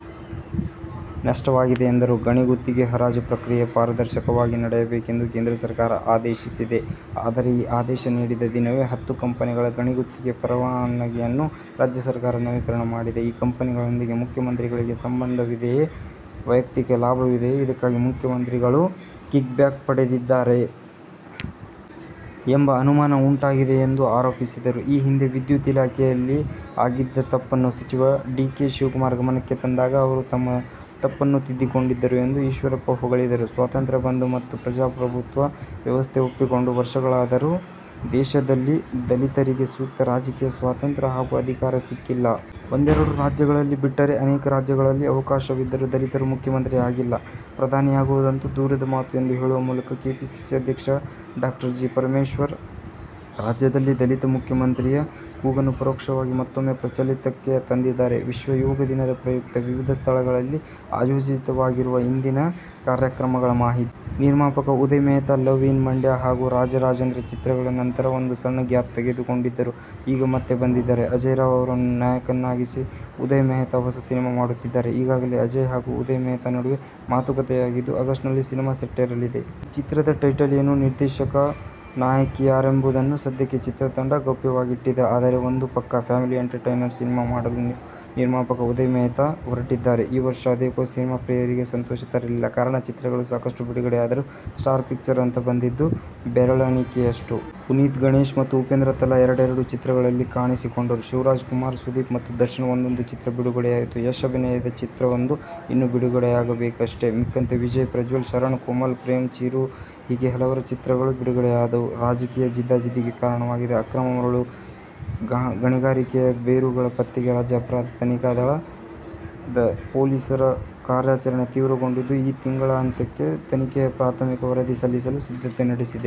ನಷ್ಟವಾಗಿದೆ ಎಂದರು. ಗಣಿ ಗುತ್ತಿಗೆ ಹರಾಜು ಪ್ರಕ್ರಿಯೆ ಪಾರದರ್ಶಕವಾಗಿ ನಡೆಯಬೇಕೆಂದು ಕೇಂದ್ರ ಸರ್ಕಾರ ಆದೇಶಿಸಿದೆ. ಆದರೆ ಈ ಆದೇಶ ನೀಡಿದ ದಿನವೇ ಹತ್ತು ಕಂಪನಿಗಳ ಗಣಿ ಗುತ್ತಿಗೆ ಪರವಾನಗಿಯನ್ನು ರಾಜ್ಯ ಸರ್ಕಾರ ನವೀಕರಣ ಮಾಡಿದೆ. ಈ ಕಂಪನಿಗಳೊಂದಿಗೆ ಮುಖ್ಯಮಂತ್ರಿಗಳಿಗೆ ಸಂಬಂಧವಿದೆಯೇ? ವೈಯಕ್ತಿಕ ಲಾಭವಿದೆಯೇ? ಇದಕ್ಕಾಗಿ ಮುಖ್ಯಮಂತ್ರಿಗಳು ಕಿಕ್ಬ್ಯಾಕ್ ಪಡೆದಿದ್ದಾರೆಯೇ? ಎಂಬ ಅನುಮಾನ ಉಂಟಾಗಿದೆ ಎಂದು ಆರೋಪಿಸಿದರು. ಈ ಹಿಂದೆ ವಿದ್ಯುತ್ ಇಲಾಖೆಯಲ್ಲಿ ಆಗಿದ್ದ ತಪ್ಪನ್ನು ಸಚಿವ ಡಿ. ಕೆ. ಶಿವಕುಮಾರ್ ಗಮನಕ್ಕೆ ತಂದಾಗ ಅವರು ತಮ್ಮ ತಪ್ಪನ್ನು ತಿದ್ದಿಕೊಂಡಿದ್ದರು ಎಂದು ಈಶ್ವರಪ್ಪ ಹೊಗಳಿದರು. "ಸ್ವಾತಂತ್ರ್ಯ ಬಂದು ಮತ್ತು ಪ್ರಜಾಪ್ರಭುತ್ವ ವ್ಯವಸ್ಥೆ ಒಪ್ಪಿಕೊಂಡು ವರ್ಷಗಳಾದರೂ ದೇಶದಲ್ಲಿದಲಿತರಿಗೆ ಸೂಕ್ತ ರಾಜಕೀಯ ಸ್ವಾತಂತ್ರ್ಯ ಹಾಗೂ ಅಧಿಕಾರ ಸಿಕ್ಕಿಲ್ಲ. ಒಂದೆರಡು ರಾಜ್ಯಗಳಲ್ಲಿ ಬಿಟ್ಟರೆ, ಅನೇಕರಾಜ್ಯಗಳಲ್ಲಿ ಅವಕಾಶವಿದ್ದರೂ ದಲಿತರು ಮುಖ್ಯಮಂತ್ರಿ ಆಗಿಲ್ಲ, ಪ್ರಧಾನಿ ಆಗುವುದಂತೂ ದೂರದ ಮಾತು' ಎಂದು ಹೇಳುವ ಮೂಲಕ ಕೆಪಿಸಿಸಿ ಅಧ್ಯಕ್ಷ ಡಾ. ಜಿ. ಪರಮೇಶ್ವರ್, ರಾಜ್ಯದಲ್ಲಿ ದಲಿತ ಮುಖ್ಯಮಂತ್ರಿಯ ಕೂಗನ್ನುಪರೋಕ್ಷವಾಗಿ ಮತ್ತೂಮ್ಮೆ ಪ್ರಚಲಿತಕ್ಕೆ ತಂದಿದ್ದಾರೆ. ವಿಶ್ವ ಯೋಗ ದಿನದ ಪ್ರಯುಕ್ತ ವಿವಿಧ ಸ್ಥಳಗಳಲ್ಲಿ ಆಯೋಜಿತವಾಗಿರುವ ಇಂದಿನ ಕಾರ್ಯಕ್ರಮಗಳ ಮಾಹಿತಿ. ನಿರ್ಮಾಪಕ ಉದಯ್ ಮೆಹ್ತಾ "ಲವ್ ಇನ್ ಮಂಡ್ಯ' ಹಾಗೂ "ರಾಜ ರಾಜೇಂದ್ರ' ಚಿತ್ರಗಳ ನಂತರ ಒಂದು ಸಣ್ಣ ಗ್ಯಾಪ್ ತಗೊಂಡಿದ್ದರು. ಈಗ ಮತ್ತೆ ಬಂದಿದ್ದಾರೆ. ಅಜೇಯ್ ರಾವ್ ಅವರನ್ನು ನಾಯಕರನ್ನಾಗಿಸಿ ಉದಯ್ ಮೆಹ್ತಾ ಹೊಸ ಸಿನಿಮಾ ಮಾಡುತ್ತಿದ್ದಾರೆ. ಈಗಾಗಲೇ ಅಜೇಯ್ ಹಾಗೂ ಉದಯ್ ಮೆಹ್ತಾ ನಡುವೆ ಮಾತುಕತೆಯಾಗಿದ್ದು, ಆಗಸ್ಟ್ನಲ್ಲಿ ಸಿನಿಮಾ ಸೆಟ್ಟೇರಲಿದೆ. ಈ ಚಿತ್ರದ ಟೈಟಲ್ ಏನು, ನಿರ್ದೇಶಕ, ನಾಯಕಿ ಯಾರೆಂಬುದನ್ನು ಸದ್ಯಕ್ಕೆ ಚಿತ್ರತಂಡ ಗೌಪ್ಯವಾಗಿಟ್ಟಿದೆ. ಆದರೆ, ಒಂದು ಪಕ್ಕಾ ಫ್ಯಾಮಿಲಿ ಎಂಟರ್ಟೈನರ್ ಸಿನಿಮಾ ಮಾಡಲು ನಿರ್ಮಾಪಕ ಉದಯ್ ಮೆಹ್ತಾ ಹೊರಟಿದ್ದಾರೆ. ಈ ವರ್ಷ ಅದೇಕೋ ಸಿನಿಮಾ ಪ್ರಿಯರಿಗೆ ಸಂತೋಷ ತರಲಿಲ್ಲ. ಕಾರಣ ಚಿತ್ರಗಳು ಸಾಕಷ್ಟು ಬಿಡುಗಡೆಯಾದರೂ ಸ್ಟಾರ್ ಪಿಕ್ಚರ್ ಅಂತ ಬಂದಿದ್ದು ಬೆರಳಿಣಿಕೆಯಷ್ಟು. ಪುನೀತ್, ಗಣೇಶ್ ಮತ್ತು ಉಪೇಂದ್ರ ತಲಾ ಎರಡೆರೆಡು ಚಿತ್ರಗಳಲ್ಲಿ ಕಾಣಿಸಿಕೊಂಡರು. ಶಿವರಾಜಕುಮಾರ್, ಸುದೀಪ್ ಮತ್ತು ದರ್ಶನ್ ಒಂದೊಂದು ಚಿತ್ರ ಬಿಡುಗಡೆಯಾಯಿತು. ಯಶ್ ಅಭಿನಯದ ಚಿತ್ರವೊಂದು ಇನ್ನೂ ಬಿಡುಗಡೆಯಾಗಬೇಕಷ್ಟೇ. ಮಿಕ್ಕಂತೆ ವಿಜಯ್, ಪ್ರಜ್ವಲ್, ಶರಣ್, ಕೋಮಲ್, ಪ್ರೇಮ್, ಚಿರು ಹೀಗೆ ಹಲವರ ಚಿತ್ರಗಳು ಬಿಡುಗಡೆಯಾದವು. ರಾಜಕೀಯ ಜಿದ್ದಾಜಿದ್ದಿಗೆ ಕಾರಣವಾಗಿದ್ದ "ಅಕ್ರಮ ಮರಳು ಗಣಿಗಾರಿಕೆ'ಯ ಬೇರುಗಳ ಪತ್ತೆಗೆ ರಾಜ್ಯ ಅಪರಾಧ ತನಿಖಾ ದಳ ದ ಪೊಲೀಸರ ಕಾರ್ಯಾಚರಣೆ ತೀವ್ರಗೊಂಡಿದ್ದು, ಈ ತಿಂಗಳಾಂತ್ಯಕ್ಕೆ ತನಿಖೆಯ ಪ್ರಾಥಮಿಕ ವರದಿ ಸಲ್ಲಿಸಲು ಸಿದ್ಧತೆ ನಡೆಸಿದೆ.